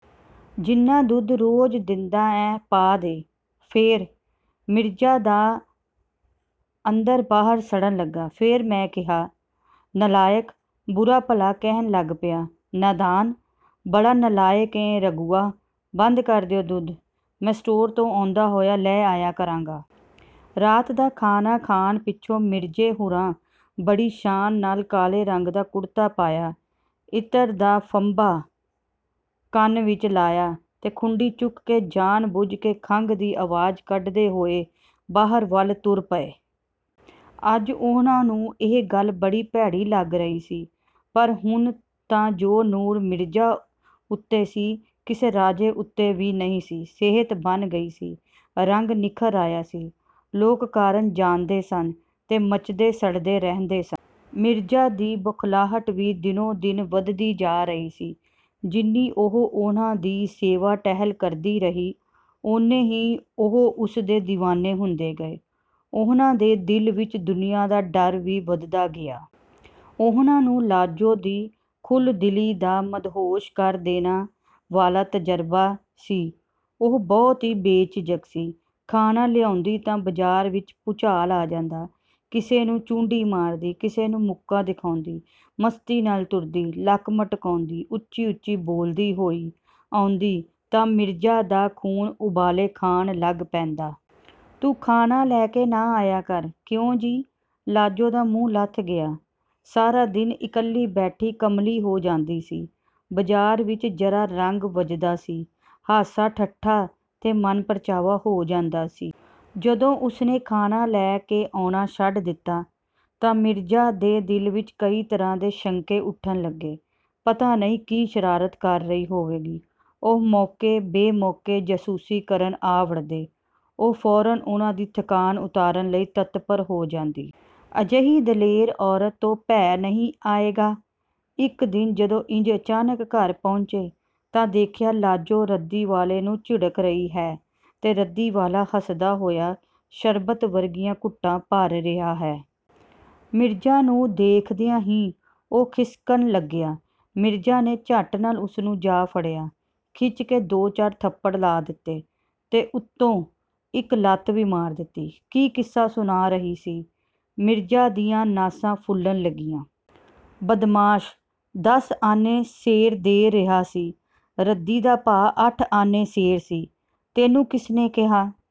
ਜਿੰਨਾ ਦੁੱਧ ਰੋਜ਼ ਦਿੰਦਾ ਐਂ, ਪਾ ਦੇ। "ਫੇਰ?" ਮਿਰਜ਼ਾ ਦਾ ਅੰਦਰ-ਬਾਹਰ ਸੜਨ ਲੱਗਾ। "ਫੇਰ ਮੈਂ ਕਿਹਾ, ਨਲਾਇਕ, ਬੁਰਾ-ਭਲਾ ਕਹਿਣ ਲੱਗ ਪਿਆ.." "ਨਾਦਾਨ! ਬੜਾ ਨਲਾਇਕ ਏਂ ਰਘੂਆ। ਬੰਦ ਕਰ ਦਿਓ ਦੁੱਧ। ਮੈਂ ਸਟੋਰ ਤੋਂ ਆਉਂਦਾ ਹੋਇਆ ਲੈ ਆਇਆ ਕਰਾਂਗਾ।" ਰਾਤ ਦਾ ਖਾਣਾ ਖਾਣ ਪਿੱਛੋਂ ਮਿਰਜ਼ੇ ਹੁਰਾਂ ਬੜੀ ਸ਼ਾਨ ਨਾਲ ਕਾਲੇ ਰੰਗ ਦਾ ਕੁੜਤਾ ਪਾਇਆ, ਇਤਰ ਦਾ ਫੰਬਾ ਕੰਨ ਵਿੱਚ ਲਾਇਆ ਤੇ ਖੁੰਡੀ ਚੁੱਕ ਕੇ ਜਾਣ-ਬੁੱਝ ਕੇ ਖੰਘ ਦੀ ਆਵਾਜ਼ ਕੱਢਦੇ ਹੋਏ ਬਾਹਰ ਵੱਲ ਤੁਰ ਪਏ। ਅੱਜ ਉਹਨਾਂ ਨੂੰ ਇਹ ਗੱਲ ਬੜੀ ਭੈੜੀ ਲੱਗ ਰਹੀ ਸੀ। ਪਰ ਹੁਣ ਤਾਂ ਜੋ ਨੂਰ ਮਿਰਜ਼ਾ ਉੱਤੇ ਸੀ, ਕਿਸੇ ਰਾਜੇ ਉੱਤੇ ਵੀ ਨਹੀਂ ਸੀ। ਸਿਹਤ ਬਣ ਗਈ ਸੀ, ਰੰਗ ਨਿੱਖਰ ਆਇਆ ਸੀ। ਲੋਕ ਕਾਰਨ ਜਾਣਦੇ ਸਨ ਤੇ ਮੱਚਦੇ-ਸੜਦੇ ਰਹਿੰਦੇ ਸਨ। ਮਿਰਜ਼ਾ ਦੀ ਬੋਖਲਾਹਟ ਵੀ ਦਿਨੋਂ-ਦਿਨ ਵਧਦੀ ਜਾ ਰਹੀ ਸੀ। ਜਿੰਨੀ ਉਹ ਉਹਨਾਂ ਦੀ ਸੇਵਾ-ਟਹਿਲ ਕਰਦੀ ਰਹੀ, ਓਨੇ ਹੀ ਉਹ ਉਸਦੇ ਦੀਵਾਨੇ ਹੁੰਦੇ ਗਏ। ਉਹਨਾਂ ਦੇ ਦਿਲ ਵਿੱਚ ਦੁਨੀਆ ਦਾ ਡਰ ਵੀ ਵਧਦਾ ਗਿਆ। ਉਹਨਾਂ ਨੂੰ ਲਾਜੋ ਦੀ ਖੁੱਲ੍ਹਦਿਲੀ ਦਾ ਮਦਹੋਸ਼ ਕਰ ਦੇਣ ਵਾਲਾ ਤਜ਼ਰਬਾ ਸੀ। ਉਹ ਬਹੁਤ ਹੀ ਬੇਝਿਜਕ ਸੀ। ਖਾਣਾ ਲਿਆਉਂਦੀ ਤਾਂ ਬਾਜ਼ਾਰ ਵਿੱਚ ਭੂਚਾਲ ਆ ਜਾਂਦਾ। ਕਿਸੇ ਨੂੰ ਚੂੰਢੀ ਮਾਰਦੀ, ਕਿਸੇ ਨੂੰ ਮੁੱਕਾ ਦਿਖਾਉਂਦੀ, ਮਸਤੀ ਨਾਲ ਤੁਰਦੀ, ਲੱਕ ਮਟਕਾਉਂਦੀ, ਉੱਚੀ-ਉੱਚੀ ਬੋਲਦੀ ਹੋਈ ਆਉਂਦੀ ਤਾਂ ਮਿਰਜ਼ਾ ਦਾ ਖ਼ੂਨ ਉਬਾਲੇ ਖਾਣ ਲੱਗ ਪੈਂਦਾ। "ਤੂੰ ਖਾਣਾ ਲੈ ਕੇ ਨਾ ਆਇਆ ਕਰ।" "ਕਿਉਂ ਜੀ...?" ਲਾਜੋ ਦਾ ਮੂੰਹ ਲੱਥ ਗਿਆ। ਸਾਰਾ ਦਿਨ ਇਕੱਲੀ ਬੈਠੀ ਕਮਲੀ ਹੋ ਜਾਂਦੀ ਸੀ। ਬਾਜ਼ਾਰ ਵਿੱਚ ਜ਼ਰਾ ਰੰਗ ਵੱਝਦਾ ਸੀ, ਹਾਸਾ-ਠੱਠਾ ਤੇ ਮਨ-ਪ੍ਰਚਾਵਾ ਹੋ ਜਾਂਦਾ ਸੀ। ਜਦੋਂ ਉਸਨੇ ਖਾਣਾ ਲੈ ਕੇ ਆਉਣਾ ਛੱਡ ਦਿੱਤਾ ਤਾਂ ਮਿਰਜ਼ਾ ਦੇ ਦਿਲ ਵਿੱਚ ਕਈ ਤਰ੍ਹਾਂ ਦੇ ਸ਼ੰਕੇ ਉੱਠਣ ਲੱਗੇ। ਪਤਾ ਨਹੀਂ ਕੀ ਸ਼ਰਾਰਤ ਕਰ ਰਹੀ ਹੋਵੇਗੀ। ਉਹ ਮੌਕੇ-ਬੇਮੌਕੇ ਜਾਸੂਸੀ ਕਰਨ ਆ ਵੜਦੇ। ਉਹ ਫ਼ੌਰਨ ਉਹਨਾਂ ਦੀ ਥਕਾਣ ਉਤਾਰਨ ਲਈ ਤਤਪਰ ਹੋ ਜਾਂਦੀ। ਅਜਿਹੀ ਦਲੇਰ ਔਰਤ ਤੋਂ ਭੈ ਨਹੀਂ ਆਏਗਾ? ਇੱਕ ਦਿਨ, ਜਦੋਂ ਇੰਜ ਅਚਾਨਕ ਘਰ ਪਹੁੰਚੇ, ਤਾਂ ਦੇਖਿਆ ਲਾਜੋ ਰੱਦੀ ਵਾਲੇ ਨੂੰ ਝਿੜਕ ਰਹੀ ਹੈ ਤੇ ਰੱਦੀ ਵਾਲਾ ਹੱਸਦਾ ਹੋਇਆ ਸ਼ਰਬਤ ਵਰਗੀਆਂ ਘੁੱਟਾਂ ਭਰ ਰਿਹਾ ਹੈ। ਮਿਰਜ਼ਾ ਨੂੰ ਦੇਖਦਿਆਂ ਹੀ ਉਹ ਖਿਸਕਣ ਲੱਗਿਆ। ਮਿਰਜ਼ਾ ਨੇ ਝੱਟ ਨਾਲ ਉਸਨੂੰ ਜਾ ਫੜਿਆ, ਖਿੱਚ ਕੇ ਦੋ-ਚਾਰ ਥੱਪੜ ਲਾ ਦਿੱਤੇ ਤੇ ਉੱਤੋਂ ਇੱਕ ਲੱਤ ਵੀ ਮਾਰ ਦਿੱਤੀ। "ਕੀ ਕਿੱਸਾ ਸੁਣਾ ਰਹੀ ਸੀ?" ਮਿਰਜ਼ਾ ਦੀਆਂ ਨਾਸਾਂ ਫੁੱਲਣ ਲੱਗੀਆਂ। "ਬਦਮਾਸ਼, ਦਸ ਆਨੇ ਸੇਰ ਦੇ ਰਿਹਾ ਸੀ। ਰੱਦੀ ਦਾ ਭਾਅ ਅੱਠ ਆਨੇ ਸੇਰ ਸੀ। "ਤੈਨੂੰ ਕਿਸ ਨੇ ਕਿਹਾ?"